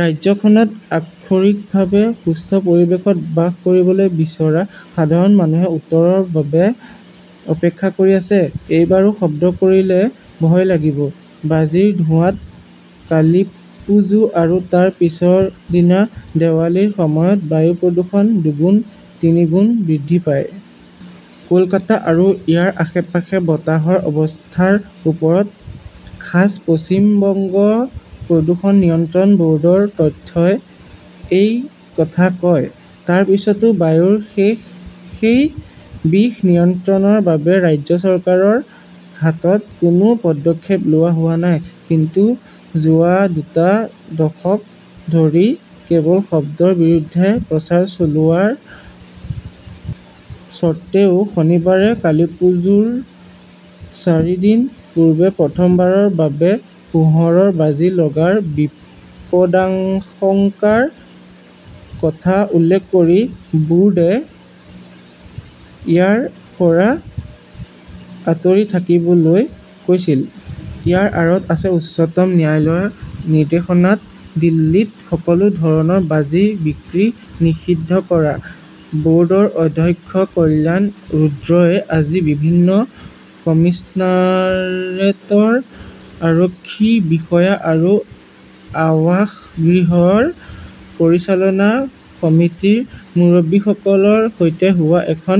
ৰাজ্যখনত আক্ষৰিকভাৱে সুস্থ পৰিৱেশত বাস কৰিবলৈ বিচৰা সাধাৰণ মানুহে উত্তৰৰ বাবে অপেক্ষা কৰি আছে। এইবাৰো শব্দ কৰিলে ভয় লাগিব। বাজিৰ ধোঁৱাত কালিপ্পুজো আৰু তাৰ পিছৰ দিনা দেৱালীৰ সময়ত বায়ু প্ৰদূষণ দুগুণ-তিনিগুণ বৃদ্ধি পায়। কলকাতা আৰু ইয়াৰ আশে-পাশে বতাহৰ অৱস্থাৰ ওপৰত খাছ পশ্চিম বংগ প্ৰদূষণ নিয়ন্ত্ৰণ বৰ্ডৰ তথ্যই এই কথা কয়। তাৰ পিছতো বায়ুৰ সেই বিষ নিয়ন্ত্ৰণৰ বাবে ৰাজ্য চৰকাৰৰ হাতত কোনো পদক্ষেপ লোৱা হোৱা নাই। কিন্তু যোৱা দুটা দশক ধৰি কেৱল শব্দৰ বিৰুদ্ধে প্ৰচাৰ চলোৱাৰ স্বত্ত্বেও শনিবাৰে কালীপুজোৰ চাৰিদিন পূৰ্বে প্ৰথমবাৰৰ বাবে পোহৰৰ বাজি লগাৰ বিপদাশংকাৰ কথা উল্লেখ কৰি বোৰ্ডে ইয়াৰ পৰা আঁতৰি থাকিবলৈ কৈছিল। ইয়াৰ আঁৰত আছে উচ্চতম ন্যায়ালয়ৰ নিৰ্দেশত দিল্লীত সকলো ধৰণৰ বাজি বিক্ৰী নিষিদ্ধ কৰা। বৰ্ডৰ অধ্যক্ষ কল্যাণ ৰুদ্ৰই আজি বিভিন্ন কমিচনাৰেটৰ আৰক্ষী বিষয়া আৰু আৱাসগৃহৰ পৰিচালনা সমিতিৰ মুৰব্বীসকলৰ সৈতে হোৱা এখন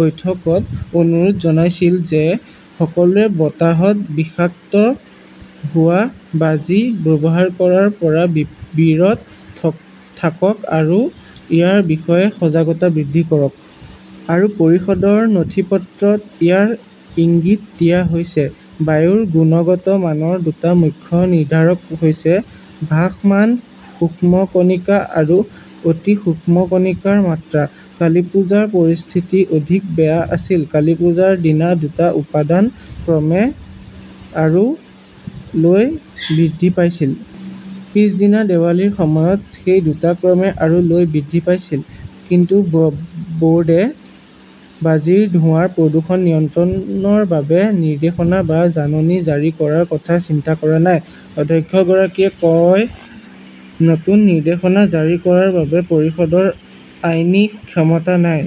বৈঠকত অনুৰোধ জনাইছিল যে সকলোৱে বতাহত বিষাক্ত হোৱা বাজি ব্যৱহাৰ কৰাৰ পৰা বিৰত থাকক আৰু ইয়াৰ বিষয়ে সজাগতা বৃদ্ধি কৰক। আৰু পৰিষদৰ নথিপত্ৰত ইয়াৰ ইংগিত দিয়া হৈছে। বায়ুৰ গুণগত মানৰ দুটা মুখ্য নিৰ্ধাৰক হৈছে ভাসমান সূক্ষ্ম কণিকা আৰু অতি সূক্ষ্ম কণিকা ৰ মাত্ৰা। কালীপূজা ৰ পৰিস্থিতি অধিক বেয়া আছিল। কালীপূজা ৰ দিনা দুটা উপাদান ক্ৰমে আৰু লৈ বৃদ্ধি পাইছিল। পিছদিনা দেৱালীৰ সময়ত সেই দুটা ক্ৰমে আৰু লৈ বৃদ্ধি পাইছিল। কিন্তু বৰ্ডে বাজিৰ ধোঁৱাৰ প্ৰদূষণ নিয়ন্ত্ৰণৰ বাবে নিৰ্দেশনা বা জাননী জাৰি কৰাৰ কথা চিন্তা কৰা নাই। অধ্যক্ষগৰাকীয়ে কয়, নতুন নিৰ্দেশনা জাৰি কৰাৰ বাবে পৰিষদৰ আইনী ক্ষমতা নাই।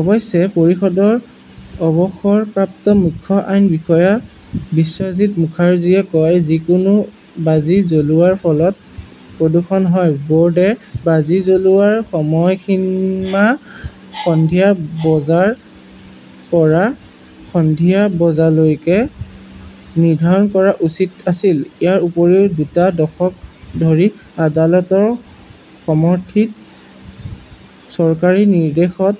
অৱশ্যে, পৰিষদৰ অৱসৰপ্ৰাপ্ত মুখ্য আইন বিষয়া বিশ্বজিত মুখাৰ্জীয়ে কয়, যিকোনো বাজি জ্বলোৱাৰ ফলত প্ৰদূষণ হয়। বৰ্ডে বাজি জ্বলোৱাৰ সময়সীমা সন্ধিয়া বজাৰ পৰা সন্ধিয়া বজালৈকে নিৰ্ধাৰণ কৰা উচিত আছিল। ইয়াৰ উপৰিও, দুটা দশক ধৰি আদালতৰ সমৰ্থিত চৰকাৰী নিৰ্দেশত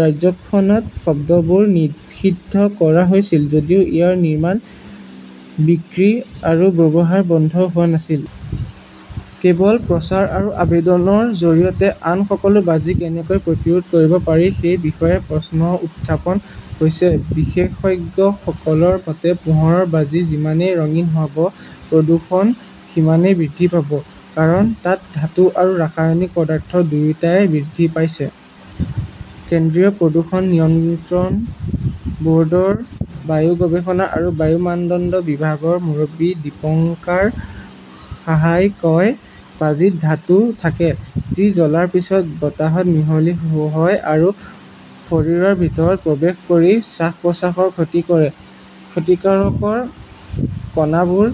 ৰাজ্যখনত শব্দবোৰ নিষিদ্ধ কৰা হৈছিল যদিও ইয়াৰ নিৰ্মাণ, বিক্ৰী আৰু ব্যৱহাৰ বন্ধ হোৱা নাছিল। কেৱল প্ৰচাৰ আৰু আবেদনৰ জৰিয়তে আন সকলো বাজি কেনেকৈ প্ৰতিৰোধ কৰিব পাৰি সেই বিষয়ে প্ৰশ্ন উত্থাপন হৈছে। বিশেষজ্ঞসকলৰ মতে, পোহৰৰ বাজি যিমানেই ৰঙীন হব, প্ৰদূষণ সিমানেই বৃদ্ধি পাব। কাৰণ, তাত ধাতু আৰু ৰাসায়নিক পদাৰ্থ দুয়োটাই বৃদ্ধি পাইছে। কেন্দ্ৰীয় প্ৰদূষণ নিয়ন্ত্ৰণ বৰ্ডৰ বায়ু গৱেষণা আৰু বায়ু মানদণ্ড বিভাগৰ মুৰব্বী দীপঙ্কাৰ সাহাই কয়, বাজীত ধাতু থাকে। যি জ্বলাৰ পিছত বতাহত মিহলি হয় আৰু শৰীৰৰ ভিতৰত প্ৰৱেশ কৰি শ্বাস-প্ৰশ্বাসৰ ক্ষতি কৰে। ক্ষতিকাৰক কণাবোৰ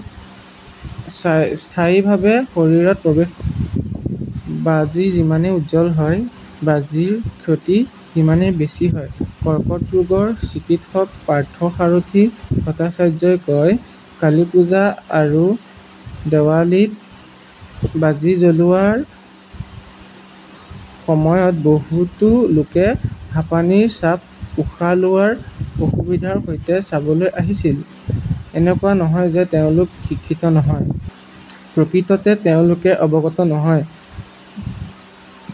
স্থায়ীভাৱে শৰীৰত প্ৰৱেশ কৰে। বাজি যিমানেই উজ্জ্বল হয়, বাজিৰ ক্ষতি সিমানেই বেছি হয়। কৰ্কট ৰোগৰ চিকিৎসক পাৰ্থসাৰথী ভট্টাচাৰ্যই কয়, কালীপূজা আৰু দেৱালীত বাজি জ্বলোৱাৰ সময়ত বহুতো লোকে হাঁপানীৰ চাপ, উশাহ লোৱাৰ অসুবিধাৰ সৈতে চাবলৈ আহিছিল। এনেকুৱা নহয় যে তেওঁলোক শিক্ষিত নহয়। প্ৰকৃততে তেওঁলোকে অৱগত নহয়।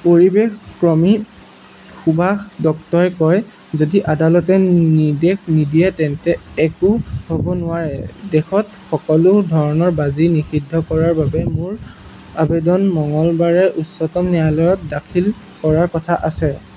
পৰিৱেশ কৰ্মী সুভাষ দত্তই কয়, যদি আদালতে নিৰ্দেশ নিদিয়ে তেন্তে একো হব নোৱাৰে। দেশত সকলো ধৰণৰ বাজি নিষিদ্ধ কৰাৰ বাবে মোৰ আবেদন মঙলবাৰে উচ্চতম ন্যায়ালয়ত দাখিল কৰাৰ কথা আছে।